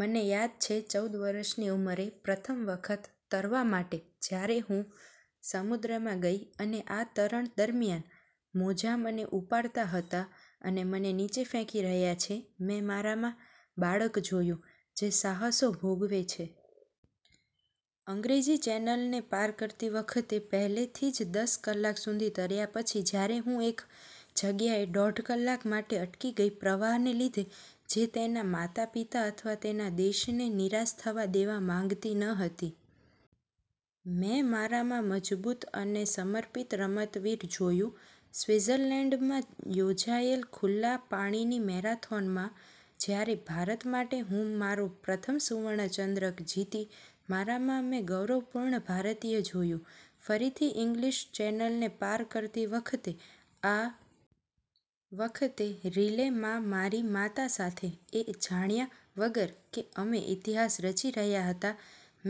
મને યાદ છે, ચૌદ વર્ષની ઉંમરે, પ્રથમ વખત તરવા માટે જ્યારે હું સમુદ્રમાં ગઇ અને આ તરણ દરમ્યાન, મોજા મને ઉપાડતા હતા અને મને નીચે ફેંકી રહ્યા છે, મેં મારામાં બાળક જોયું, જે સાહસો ભોગવે છે. અંગ્રેજી ચેનલને પાર કરતી વખતે, પહેલેથી જ દસ કલાક સુધી તર્યા પછી, જ્યારે હું એક જગ્યાએ દોઢ કલાક માટે અટકી ગઈ પ્રવાહને લીધે, જે તેના માતાપિતા અથવા તેના દેશને નિરાશ થવા દેવા માંગતી ન હતી. મેં મારામાં મજબૂત અને સમર્પિત રમતવીર જોયું. સ્વિટ્ઝરલેન્ડમાં યોજાયેલ ખુલ્લા પાણીની મેરેથોનમાં, જ્યારે ભારત માટે હું મારો પ્રથમ સુવર્ણ ચંદ્રક જીતી મારામાં મેં ગૌરવપૂર્ણ ભારતીય જોયું, ફરીથી ઇંગ્લિશ ચેનલને પાર કરતી વખતે, આ વખતે રિલે માં મારી માતા સાથે, એ જાણ્યા વગર કે અમે ઇતિહાસ રચી રહ્યા હતા,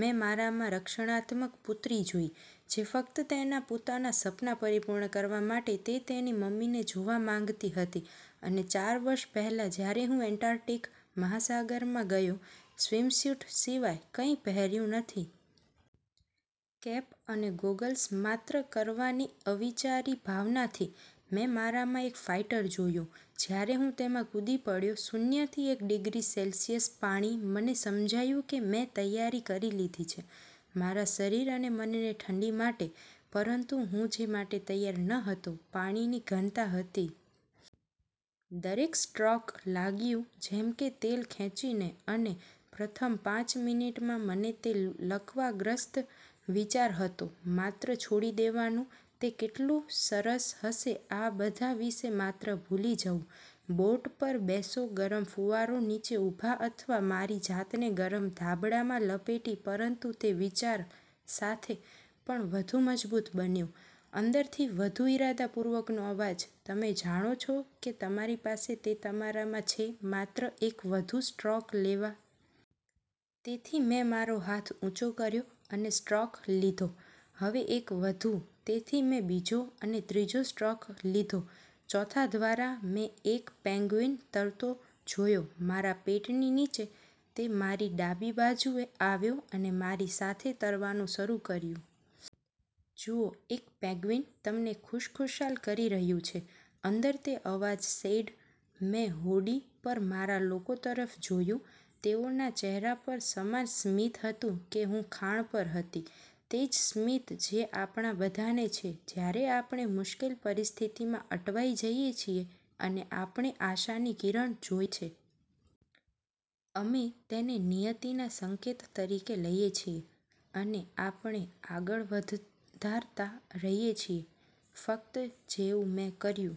મેં મારામાં રક્ષણાત્મક પુત્રી જોઇ, જે ફક્ત તેના પોતાના સપના પરિપૂર્ણ કરવા માટે તે તેની મમ્મીને જોવા માંગતી હતી અને ચાર વર્ષ પહેલાં, જ્યારે હું એન્ટાર્કટિક મહાસાગરમાં ગયો, સ્વિમસ્યુટ સિવાય કંઇ પહેર્યું નથી. કેપ અને ગોગલ્સ, માત્ર કરવાની અવિચારી ભાવનાથી, મેં મારામાં એક ફાઇટર જોયું. જ્યારે હું તેમાં કૂદી પડ્યો શૂન્યથી એક ડિગ્રી સેલ્સિયસ પાણી, મને સમજાયું કે મેં તૈયારી કરી લીધી છે મારા શરીર અને મનને ઠંડી માટે, પરંતુ હું જે માટે તૈયાર ન હતો પાણીની ઘનતા હતી. દરેક સ્ટ્રોક લાગ્યું જેમ કે તેલ ખેંચીને અને પ્રથમ પાંચ મિનિટમાં મને તે લકવાગ્રસ્ત વિચાર હતો માત્ર છોડી દેવાનું. તે કેટલું સરસ હશે આ બધા વિશે માત્ર ભૂલી જવું, બોટ પર બેસો, ગરમ ફુવારો નીચે ઉભા અથવા મારી જાતને ગરમ ધાબળામાં લપેટી પરંતુ તે વિચાર સાથે, પણ વધુ મજબૂત બન્યું, અંદરથી વધુ ઇરાદાપૂર્વકનો અવાજ "તમે જાણો છો કે તમારી પાસે તે તમારામાં છે માત્ર એક વધુ સ્ટ્રોક લેવા. " તેથી મેં મારો હાથ ઉંચો કર્યો અને સ્ટ્રોક લીધો. "હવે એક વધુ. " તેથી મેં બીજો અને ત્રીજો સ્ટ્રોક લીધો. ચોથા દ્વારા, મેં એક પેન્ગ્વીન તરતો જોયો મારા પેટની નીચે તે મારી ડાબી બાજુએ આવ્યો અને મારી સાથે તરવાનું શરૂ કર્યું. "જુઓ, એક પેંગ્વિન તમને ખુશખુશાલ કરી રહ્યું છે," અંદર તે અવાજ સેઇડ. મેં હોડી પર મારા લોકો તરફ જોયું. તેઓના ચહેરા પર સમાન સ્મિત હતું કે હું ખાણ પર હતી. તે જ સ્મિત જે આપણા બધાને છે જ્યારે આપણે મુશ્કેલ પરિસ્થિતિમાં અટવાઈ જઈએ છીએ અને આપણે આશાની કિરણ જોયે છે. અમે તેને નિયતિના સંકેત તરીકે લઈએ છીએ, અને આપણે આગળ વધારતા રહીએ છીએ. ફક્ત જેવું મેં કર્યું,